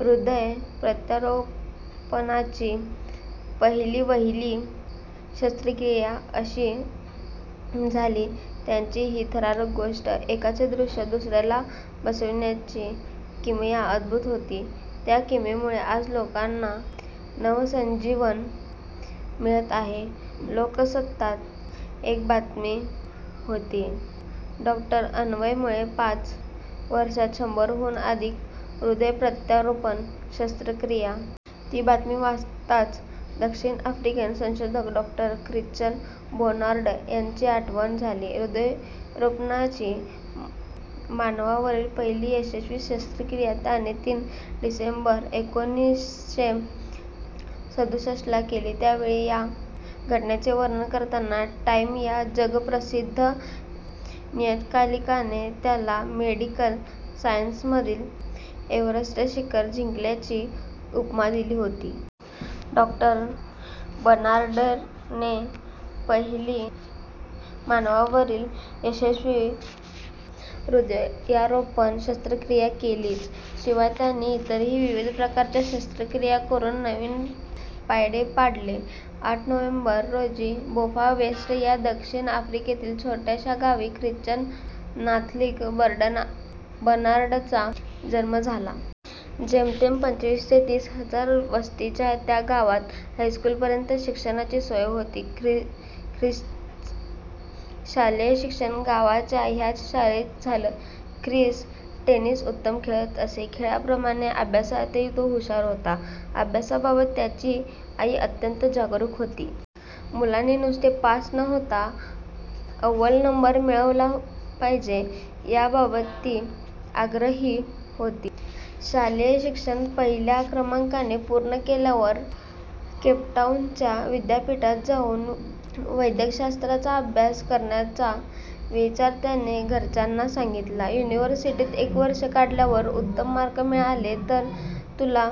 हृदय प्रत्यारोपणाची पहिलीवहिली शस्त्रक्रिया कशी झाली, त्याची ही थरारक गोष्ट! एकाचे हृदय दुसऱ्याला बसवण्याची किमया अद्भुत होती. त्या किमयेमुळे आज अनेकांना नवसंजीवन मिळत आहे! लोकसत्तात एक बातमी होती. डॉ. अन्वय मुळे पाच वर्षांत शंभराहून अधिक हृदय प्रत्यारोपण शस्त्रक्रिया! ती बातमी वाचताच दक्षिण आफ्रिकन संशोधक डॉ ख्रिश्चन बर्नार्ड याची आठवण झाली. हृदयरोपणाची मानवावरील पहिली यशस्वी शस्त्रक्रिया त्याने तीन डिसेंबर एकोणीसशे सदुसष्ट ला केली. त्या वेळी या घटनेचे वर्णन करताना टाइम या जगप्रसिद्ध नियतकालिकाने त्याला मेडिकल सायन्समधील एव्हरेस्ट शिखर जिंकल्याची उपमा दिली होती. डॉ. बर्नार्डने पहिली मानवावरील यशस्वी हृदयारोपण शस्त्रक्रिया केलीच, शिवाय त्यांनी इतरही विविध प्रकारच्या शस्त्रक्रिया करून नवीन पायंडे पाडले. आठ नोव्हेंबर रोजी बोफां वेस्ट या दक्षिण आफ्रिकेतील छोट्याशा गावी ख्रिश्चन नाथलिंग बर्नार्डचा जन्म झाला. जेमतेम पंचवीस ते तीस हजार वस्तीच्या त्या गावात हायस्कूलपर्यंत शिक्षणाची सोय होती. ख्रिसचं शालेय शिक्षण गावच्या ह्याच शाळेत झालं. ख्रिस टेनिस उत्तम खेळत असे. खेळाप्रमाणे अभ्यासातही तो हुशार होता. अभ्यासाबाबत त्याची आई अत्यंत जागरूक होती. मुलांनी नुसते पास न होता अव्वल नंबर मिळवला पाहिजे, याबाबत ती आग्रही होती. शालेय शिक्षण पहिल्या क्रमांकाने पूर्ण केल्यावर केपटाऊनच्या विद्यापीठात जाऊन वैद्यकशास्त्राचा अभ्यास करण्याचा विचार त्याने घरच्यांना सांगितला. युनिव्हर्सिटीत एक वर्ष काढल्यावर, उत्तम मार्क मिळाले तरच तुला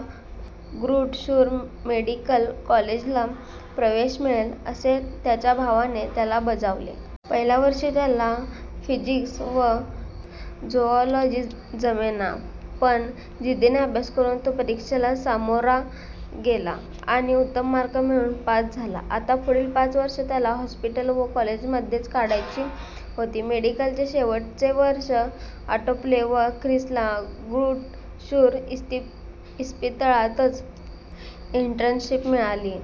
ग्रुट शूर मेडिकल कॉलेजला प्रवेश मिळेल, असे त्याच्या भावाने त्याला बजावले. पहिल्या वर्षी त्याला फिजिक्स व झूऑलॉजी जमेना. पण जिद्दीने अभ्यास करून तो परीक्षेला सामोरा गेला आणि उत्तम मार्क मिळवून पास झाला. आता पुढील पाच वर्षं त्याला हॉस्पिटल व कॉलेजमध्येच काढायची होती. मेडिकलचे शेवटचे वर्ष आटोपले व ख्रिसला ग्रुट शूर इस्पितळातच इन्टर्नशिप मिळाली.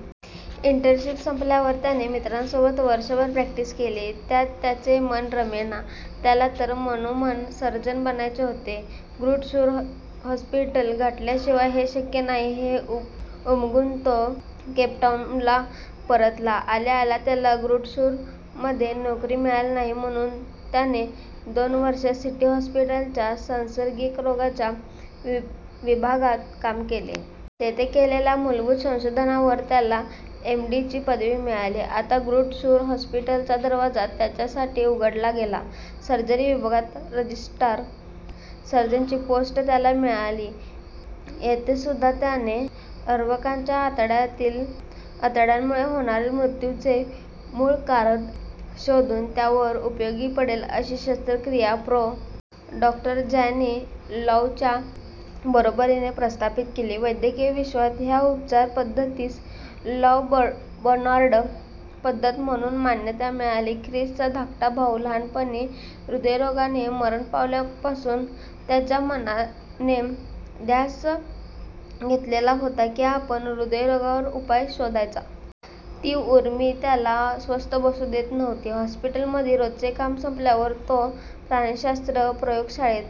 इन्टर्नशिप संपल्यावर त्याने मित्रासोबत वर्षभर प्रॅक्टिस केली. त्यात त्याचे मन रमेना. त्याला तर मनोमन सर्जन बनायचे होते. ग्रुट शूर हॉस्पिटल गाठल्याशिवाय हे शक्य नाही, हे उमगून तो केपटाऊनला परतला. आल्या आल्या त्याला ग्रुट शूर मध्ये नोकरी मिळाली नाही, म्हणून त्याने दोन वर्षं सिटी हॉस्पिटलच्या सांसर्गिक रोगांच्या विभागात काम केले. तेथे केलेल्या मूलभूत संशोधनावर त्याला एम्. डी. ची पदवी मिळाली. आता ग्रुट शूर हॉस्पिटलचा दरवाजा त्याच्यासाठी उघडला गेला. सर्जरी विभागात रजिस्ट्रार सर्जनची पोस्ट त्याला मिळाली. येथे सुद्धा त्याने अर्भकांच्या आतड्यांतील अडथळ्यांमुळे होणारे मृत्यूचे मूळ कारण शोधून त्यावर उपयोगी पडेल अशी शस्त्रक्रिया प्रो. डॉ. जॅनी लॉवच्या बरोबरीने प्रस्थापित केली. वैद्यकीय विश्वात ह्या उपचार पद्धतीस लॉव बर्नार्ड पद्धत म्हणून मान्यता मिळाली. ख्रिसचा धाकटा भाऊ लहानपणी हृदयरोगाने मरण पावल्यापासून त्याच्या मनाने ध्यास घेतलेला होता की, आपण हृदयरोगावर उपाय शोधायचा. ती ऊर्मी त्याला स्वस्थ बसू देत नव्हती. हॉस्पिटलमधील रोजचे काम संपल्यावर तो प्राणिशास्त्र प्रयोगशाळेत,